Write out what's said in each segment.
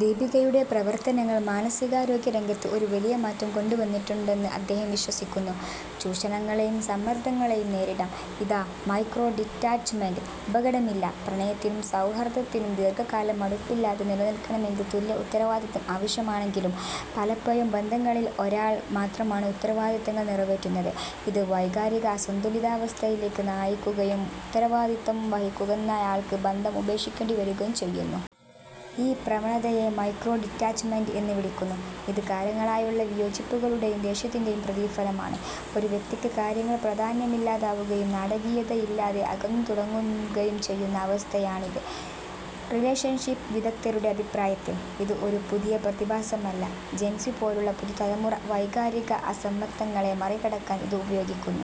ദീപികയുടെ പ്രവർത്തനങ്ങൾ മാനസികാരോഗ്യ രംഗത്ത് ഒരു വലിയ മാറ്റം കൊണ്ടുവന്നിട്ടുണ്ടെന്ന് അദ്ദേഹം വിശ്വസിക്കുന്നു. ചൂഷണങ്ങളെയും സമ്മർദങ്ങളെയും നേരിടാം; ഇതാ മൈക്രോ ഡിറ്റാച്ച്മെന്റ്, അപകടമില്ല! പ്രണയത്തിലും സൗഹൃദത്തിലും ദീർഘകാലം മടുപ്പില്ലാതെ നിലനിൽക്കണമെങ്കിൽ തുല്യ ഉത്തരവാദിത്തം ആവശ്യമാണെങ്കിലും, പലപ്പോഴും ബന്ധങ്ങളിൽ ഒരാൾ മാത്രമാണ് ഉത്തരവാദിത്തങ്ങൾ നിറവേറ്റുന്നത്. ഇത് വൈകാരിക അസന്തുലിതാവസ്ഥയിലേക്ക് നയിക്കുകയും ഉത്തരവാദിത്തം വഹിക്കുന്നയാൾക്ക് ബന്ധം ഉപേക്ഷിക്കേണ്ടി വരികയും ചെയ്യുന്നു. ഈ പ്രവണതയെ മൈക്രോ ഡിറ്റാച്ച്മെന്റ് എന്ന് വിളിക്കുന്നു, ഇത് കാലങ്ങളായുള്ള വിയോജിപ്പുകളുടെയും ദേഷ്യത്തിന്റെയും പ്രതിഫലനമാണ്. ഒരു വ്യക്തിക്ക് കാര്യങ്ങൾ പ്രാധാന്യമില്ലാതാവുകയും നാടകീയതയില്ലാതെ അകന്നു തുടങ്ങുകയും ചെയ്യുന്ന അവസ്ഥയാണിത്. റിലേഷൻഷിപ് വിദഗ്ധരുടെ അഭിപ്രായത്തിൽ, ഇത് ഒരു പുതിയ പ്രതിഭാസമല്ല, ജെൻസി പോലുള്ള പുതുതലമുറ വൈകാരിക അസമത്വങ്ങളെ മറികടക്കാൻ ഇത് ഉപയോഗിക്കുന്നു.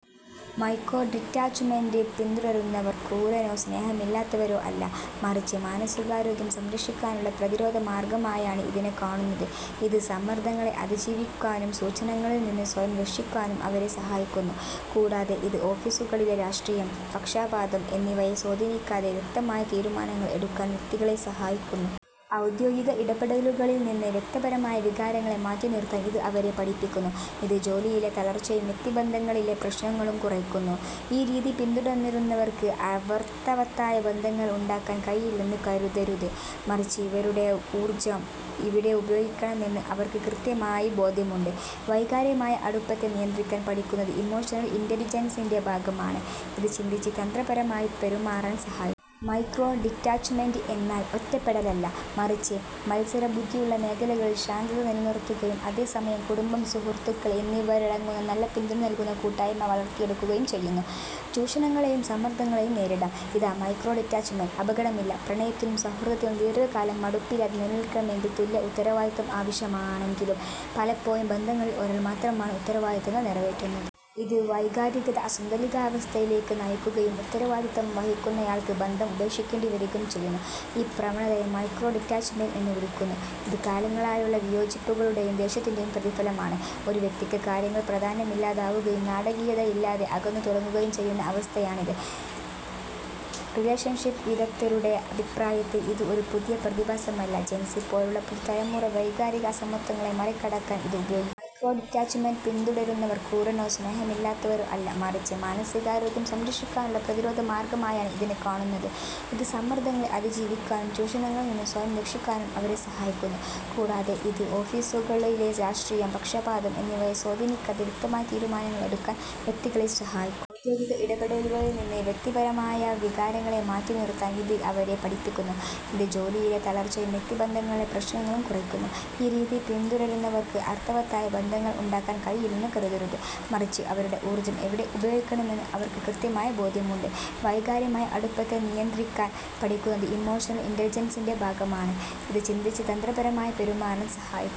മൈക്രോ ഡിറ്റാച്ച്മെന്റ് പിന്തുടരുന്നവർ ക്രൂരരോ സ്നേഹമില്ലാത്തവരോ അല്ല, മറിച്ച് മാനസികാരോഗ്യം സംരക്ഷിക്കാനുള്ള പ്രതിരോധ മാർഗ്ഗമായാണ് ഇതിനെ കാണുന്നത്. ഇത് സമ്മർദ്ദങ്ങളെ അതിജീവിക്കാനും ചൂഷണങ്ങളിൽ നിന്ന് സ്വയം രക്ഷിക്കാനും അവരെ സഹായിക്കുന്നു. കൂടാതെ, ഇത് ഓഫീസുകളിലെ രാഷ്ട്രീയം, പക്ഷപാതം എന്നിവയെ സ്വാധീനിക്കാതെ വ്യക്തമായ തീരുമാനങ്ങൾ എടുക്കാൻ വ്യക്തികളെ സഹായിക്കുന്നു. ഔദ്യോഗിക ഇടപെടലുകളിൽ നിന്ന് വ്യക്തിപരമായ വികാരങ്ങളെ മാറ്റിനിർത്താൻ ഇത് അവരെ പഠിപ്പിക്കുന്നു, ഇത് ജോലിയിലെ തളർച്ചയും വ്യക്തിബന്ധങ്ങളിലെ പ്രശ്നങ്ങളും കുറയ്ക്കുന്നു. ഈ രീതി പിന്തുടരുന്നവർക്ക് അർത്ഥവത്തായ ബന്ധങ്ങൾ ഉണ്ടാക്കാൻ കഴിയില്ലെന്ന് കരുതരുത്, മറിച്ച് അവരുടെ ഊർജ്ജം എവിടെ ഉപയോഗിക്കണമെന്ന് അവർക്ക് കൃത്യമായ ബോധ്യമുണ്ട്. വൈകാരികമായ അടുപ്പത്തെ നിയന്ത്രിക്കാൻ പഠിക്കുന്നത് ഇമോഷണൽ ഇന്റലിജൻസിന്റെ ഭാഗമാണ്, ഇത് ചിന്തിച്ച് തന്ത്രപരമായി പെരുമാറാൻ സഹായിക്കുന്നു. മൈക്രോ ഡിറ്റാച്ച്മെന്റ് എന്നാൽ ഒറ്റപ്പെടലല്ല, മറിച്ച് മത്സരബുദ്ധിയുള്ള മേഖലകളിൽ ശാന്തത നിലനിർത്തുകയും അതേസമയം കുടുംബം, സുഹൃത്തുക്കൾ എന്നിവരടങ്ങുന്ന നല്ല പിന്തുണ നൽകുന്ന കൂട്ടായ്മ വളർത്തിയെടുക്കുകയും ചെയ്യുന്നു. ചൂഷണങ്ങളെയും സമ്മർദങ്ങളെയും നേരിടാം; ഇതാ മൈക്രോ ഡിറ്റാച്ച്മെന്റ്, അപകടമില്ല! പ്രണയത്തിലും സൗഹൃദത്തിലും ദീർഘകാലം മടുപ്പില്ലാതെ നിലനിൽക്കണമെങ്കിൽ തുല്യ ഉത്തരവാദിത്തം ആവശ്യമാണെങ്കിലും, പലപ്പോഴും ബന്ധങ്ങളിൽ ഒരാൾ മാത്രമാണ് ഉത്തരവാദിത്തങ്ങൾ നിറവേറ്റുന്നത്. ഇത് വൈകാരിക അസന്തുലിതാവസ്ഥയിലേക്ക് നയിക്കുകയും ഉത്തരവാദിത്തം വഹിക്കുന്നയാൾക്ക് ബന്ധം ഉപേക്ഷിക്കേണ്ടി വരികയും ചെയ്യുന്നു. ഈ പ്രവണതയെ മൈക്രോ ഡിറ്റാച്ച്മെന്റ് എന്ന് വിളിക്കുന്നു, ഇത് കാലങ്ങളായുള്ള വിയോജിപ്പുകളുടെയും ദേഷ്യത്തിന്റെയും പ്രതിഫലനമാണ്. ഒരു വ്യക്തിക്ക് കാര്യങ്ങൾ പ്രാധാന്യമില്ലാതാവുകയും നാടകീയതയില്ലാതെ അകന്നു തുടങ്ങുകയും ചെയ്യുന്ന അവസ്ഥയാണിത്. റിലേഷൻഷിപ് വിദഗ്ധരുടെ അഭിപ്രായത്തിൽ, ഇത് ഒരു പുതിയ പ്രതിഭാസമല്ല, ജെൻസി പോലുള്ള പുതുതലമുറ വൈകാരിക അസമത്വങ്ങളെ മറികടക്കാൻ ഇത് ഉപയോഗിക്കുന്നു. മൈക്രോ ഡിറ്റാച്ച്മെന്റ് പിന്തുടരുന്നവർ ക്രൂരരോ സ്നേഹമില്ലാത്തവരോ അല്ല, മറിച്ച് മാനസികാരോഗ്യം സംരക്ഷിക്കാനുള്ള പ്രതിരോധ മാർഗ്ഗമായാണ് ഇതിനെ കാണുന്നത്. ഇത് സമ്മർദ്ദങ്ങളെ അതിജീവിക്കാനും ചൂഷണങ്ങളിൽ നിന്ന് സ്വയം രക്ഷിക്കാനും അവരെ സഹായിക്കുന്നു. കൂടാതെ, ഇത് ഓഫീസുകളിലെ രാഷ്ട്രീയം, പക്ഷപാതം എന്നിവയെ സ്വാധീനിക്കാതെ വ്യക്തമായ തീരുമാനങ്ങൾ എടുക്കാൻ വ്യക്തികളെ സഹായിക്കുന്നു. ഔദ്യോഗിക ഇടപെടലുകളിൽ നിന്ന് വ്യക്തിപരമായ വികാരങ്ങളെ മാറ്റിനിർത്താൻ ഇത് അവരെ പഠിപ്പിക്കുന്നു, ഇത് ജോലിയിലെ തളർച്ചയും വ്യക്തിബന്ധങ്ങളിലെ പ്രശ്നങ്ങളും കുറയ്ക്കുന്നു. ഈ രീതി പിന്തുടരുന്നവർക്ക് അർത്ഥവത്തായ ബന്ധങ്ങൾ ഉണ്ടാക്കാൻ കഴിയില്ലെന്ന് കരുതരുത്, മറിച്ച് അവരുടെ ഊർജ്ജം എവിടെ ഉപയോഗിക്കണമെന്ന് അവർക്ക് കൃത്യമായ ബോധ്യമുണ്ട്. വൈകാരികമായ അടുപ്പത്തെ നിയന്ത്രിക്കാൻ പഠിക്കുന്നത് ഇമോഷണൽ ഇന്റലിജൻസിന്റെ ഭാഗമാണ്, ഇത് ചിന്തിച്ച് തന്ത്രപരമായി പെരുമാറാൻ സഹായിക്കുന്നു.